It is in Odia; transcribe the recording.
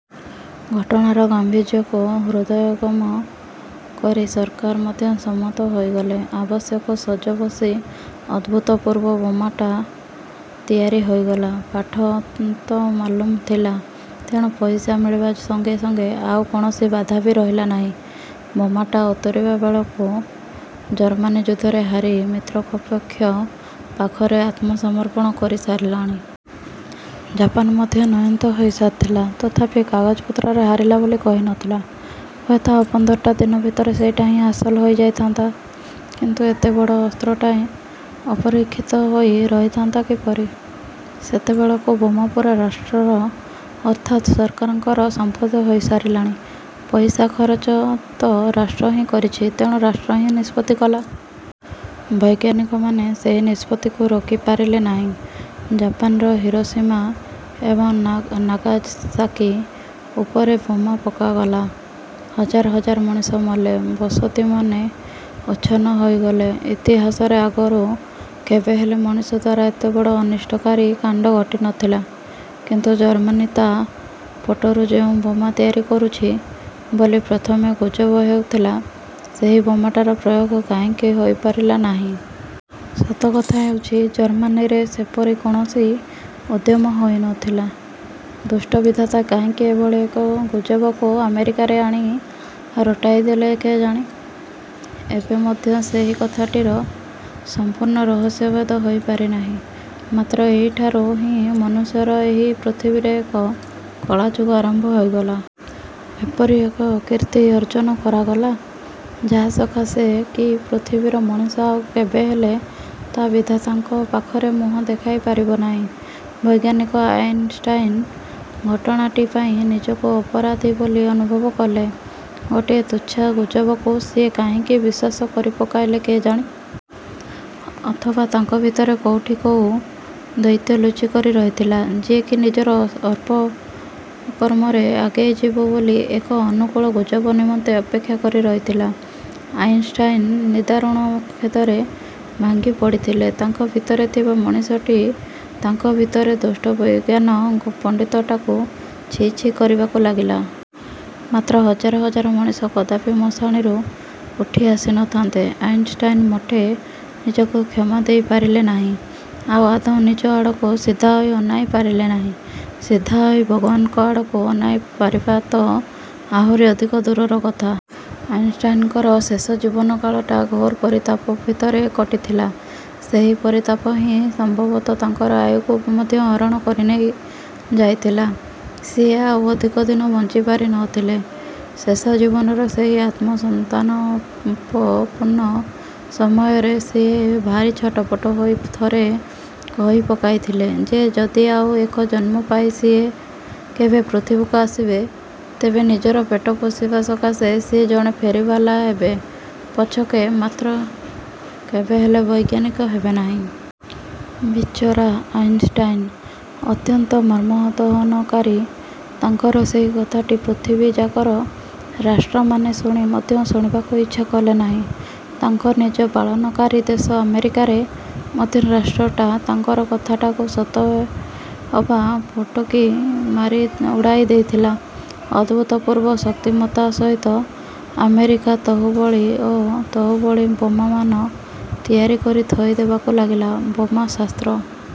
ଘଟଣାର ଗାମ୍ଭୀର୍ଯ୍ୟକୁ ହୃଦୟଙ୍ଗମ କରି ସରକାର ମଧ୍ୟ ସମ୍ମତ ହୋଇଗଲେ। ଆବଶ୍ୟକ ସଜ ବସି ଅଭୂତପୂର୍ବ ବୋମାଟା ତିଆରି ହୋଇଗଲା। ପାଠ ତ ମାଲୁମ ଥିଲା, ତେଣୁ ପଇସା ମିଳିବା ସଂଗେ ସଂଗେ ଆଉ କୌଣସି ବାଧା ବି ରହିଲା ନାହିଁ। ବୋମାଟା ଉତୁରିବା ବେଳକୁ ଜର୍ମାନୀ ଯୁଦ୍ଧରେ ହାରି ମିତ୍ରପକ୍ଷ ପାଖରେ ଆତ୍ମସମର୍ପଣ କରିସାରିଲାଣି। ଜାପାନ ମଧ୍ୟ ନୟାନ୍ତ ହୋଇ ସାରିଥିଲା, ତଥାପି କାଗଜପତ୍ରରେ ହାରିଲି ବୋଲି କହିନଥିଲା। ହୁଏତ ଆଉ ପନ୍ଦରଟା ଦିନ ଭିତରେ ସେଇଟା ବି ହାସଲ ହୋଇଯାଇଥାନ୍ତା କିନ୍ତୁ ଏଡ଼େ ବଡ଼ ଅସ୍ତ୍ରଟାଏ ଅପରୀକ୍ଷିତ ହୋଇ ରହିଥାନ୍ତା କିପରି? ସେତେବେଳକୁ ବୋମା ପୂରା ରାଷ୍ଟ୍ରର ଅର୍ଥାତ୍ର ସରକାରଙ୍କର ସମ୍ପତ୍ତି ହୋଇ ସାରିଲାଣି, ପଇସା ଖରଚ ତ ରାଷ୍ଟ୍ର ହିଁ କରିଛି, ତେଣୁ ରାଷ୍ଟ୍ର ହିଁ ନିଷ୍ପତ୍ତି କଲା। ବୈଜ୍ଞାନିକମାନେ ସେହି ନିଷ୍ପତ୍ତିକୁ ରୋକିପାରିଲେ ନାହିଁ। ଜାପାନର ହିରୋସୀମା ଏବଂ ନାଗାସାକୀ ଉପରେ ବୋମା ପକାଗଲା। ହଜାର ହଜାର ମଣିଷ ମଲେ, ବସତିମାନେ ଉଚ୍ଛନ୍ନ ହୋଇଗଲେ। ଇତିହାସରେ ଆଗରୁ କେବେହେଲେ ମଣିଷ ଦ୍ଵାରା ଏଡ଼େ ବଡ଼ ଅନିଷ୍ଟକାରୀ କାଣ୍ଡ ଘଟିନଥିଲା। କିନ୍ତୁ ଜର୍ମାନୀ ତା ପଟରୁ ଯେଉଁ ବୋମା ତିଆରି କରୁଛି ବୋଲି ପ୍ରଥମେ ଗୁଜବ ହେଉଥିଲା, ସେହି ବୋମାଟାର ପ୍ରୟୋଗ କାହିଁକି ହୋଇପାରିଲା ନାହିଁ? ସତକଥା ହେଉଛି, ଜର୍ମାନୀରେ ସେପରି କୌଣସି ଉଦ୍ୟମ ହୋଇନଥିଲା। ଦୁଷ୍ଟ ବିଧାତା କାହିଁକି ଏଭଳି ଏକ ଗୁଜବକୁ ଆମେରିକାରେ ଆଣି ରଟାଇଦେଲେ କେଜାଣି? ଏବେ ମଧ୍ୟ ସେହି କଥାଟିର ସମ୍ପୂର୍ଣ୍ଣ ରହସ୍ୟଭେଦ ହୋଇପାରି ନାହିଁ। ମାତ୍ର ଏହିଠାରୁ ହିଁ ମନୁଷ୍ୟର ଏହି ପୃଥିବୀରେ ଏକ କଳାଯୁଗ ଆରମ୍ଭ ହୋଇଗଲା। ଏପରି ଏକ ଅକୀର୍ତ୍ତି ଅର୍ଜନ କରାଗଲା, ଯାହାସକାଶେ କି ପୃଥିବୀର ମଣିଷ ଆଉ କେବେହେଲେ ତା ବିଧାତାଙ୍କ ପାଖରେ ମୁହଁ ଦେଖାଇ ପାରିବ ନାହିଁ। ବୈଜ୍ଞାନିକ ଆଇନଷ୍ଟାଇନ ଘଟଣାଟି ପାଇଁ ନିଜକୁ ଅପରାଧୀ ବୋଲି ଅନୁଭବ କଲେ। ଗୋଟାଏ ତୁଚ୍ଛା ଗୁଜବକୁ ସିଏ କାହିଁକି ବିଶ୍ୱାସ କରିପକାଇଲେ କେଜାଣି? ଅଥବା ତାଙ୍କ ଭିତରେ କୋଉଠି କୋଉ ଦୈତ୍ୟ ଲୁଚିକରି ରହିଥିଲା, ଯିଏକି ନିଜର ଅପକର୍ମରେ ଆଗେଇଯିବ ବୋଲି ଏକ ଅନୁକୂଳ ଗୁଜବ ନିମନ୍ତେ ଅପେକ୍ଷା କରି ରହିଥିଲା। ଆଇନଷ୍ଟାଇନ ନିଦାରୁଣ ଖେଦରେ ଭାଙ୍ଗି ପଡ଼ିଥିଲେ। ତାଙ୍କ ଭିତରେ ଥିବା ମଣିଷଟି ତାଙ୍କ ଭିତରେ ଦୁଷ୍ଟ ବିଜ୍ଞାନ ପଣ୍ଡିତଟାକୁ ଛି ଛି କରିବାକୁ ଲାଗିଲା। ମାତ୍ର, ହଜାର ହଜାର ମଣିଷ କଦାପି ମଶାଣିରୁ ଉଠି ଆସିନଥାନ୍ତେ। ଆଇନଷ୍ଟାଇନ ମୋଟେ ନିଜକୁ କ୍ଷମା ଦେଇପାରିଲେ ନାହିଁ । ଆଉ ଆଦୌ ନିଜ ଆଡ଼କୁ ସିଧାହୋଇ ଅନାଇ ପାରିଲେ ନାହିଁ। ସିଧାହୋଇ ଭଗବାନଙ୍କ ଆଡ଼କୁ ଅନାଇ ପାରିବା ତ ଆହୁରି ଅଧିକ ଦୂରର କଥା। ଆଇନଷ୍ଟାଇନଙ୍କର ଶେଷ ଜୀବନକାଳଟା ଘୋର ପରିତାପ ଭିତରେ କଟିଥିଲା। ସେହି ପରିତାପ ହିଁ ସମ୍ଭବତଃ ତାଙ୍କର ଆୟୁକୁ ମଧ୍ୟ ହରଣ କରି ନେଇ ଯାଇଥିଲା। ସିଏ ଆଉ ଅଧିକ ଦିନ ବଞ୍ଚି ପାରିନଥିଲେ। ଶେଷ ଜୀବନର ସେହି ଆତ୍ମସନ୍ତାପପୂର୍ଣ୍ଣ ସମୟରେ ସିଏ ଭାରି ଛଟପଟ ହୋଇ ଥରେ କହି ପକାଇଥିଲେ ଯେ ଯଦି ଆଉ ଏକ ଜନ୍ମ ପାଇ ସିଏ କେବେ ପୃଥିବୀକୁ ଆସିବେ, ତେବେ ନିଜର ପେଟ ପୋଷିବା ସକାଶେ ସିଏ ଜଣେ ଫେରିବାଲା ହେବେ ପଛକେ, ମାତ୍ର କେବେହେଲେ ବୈଜ୍ଞାନିକ ହେବେନାହିଁ। ବିଚରା ଆଇନଷ୍ଟାଇନ ଅତ୍ୟନ୍ତ ମର୍ମଦହନକାରୀ ତାଙ୍କର ସେହି କଥାଟି ପୃଥିବୀଯାକର ରାଷ୍ଟ୍ରମାନେ ଶୁଣି ମଧ୍ୟ ଶୁଣିବାକୁ ଇଚ୍ଛା କଲେନାହିଁ। ତାଙ୍କ ନିଜ ପାଳନକାରୀ ଦେଶ ଆମେରିକାରେ ମଧ୍ୟ ରାଷ୍ଟ୍ରଟା ତାଙ୍କର କଥାଟାକୁ ସତେ ଅବା ଫୁଟକି ମାରି ଉଡ଼ାଇ ଦେଇଥିଲା। ଅଭୂତପୂର୍ବ ଶକ୍ତିମତ୍ତା ସହିତ ଆମେରିକା ତହୁଁବଳି ଓ ତହୁଁବଳି ବୋମାମାନ ତିଆରି କରି ଥୋଇଦେବାକୁ ଲାଗିଲା। ବୋମା ଶାସ୍ତ୍ର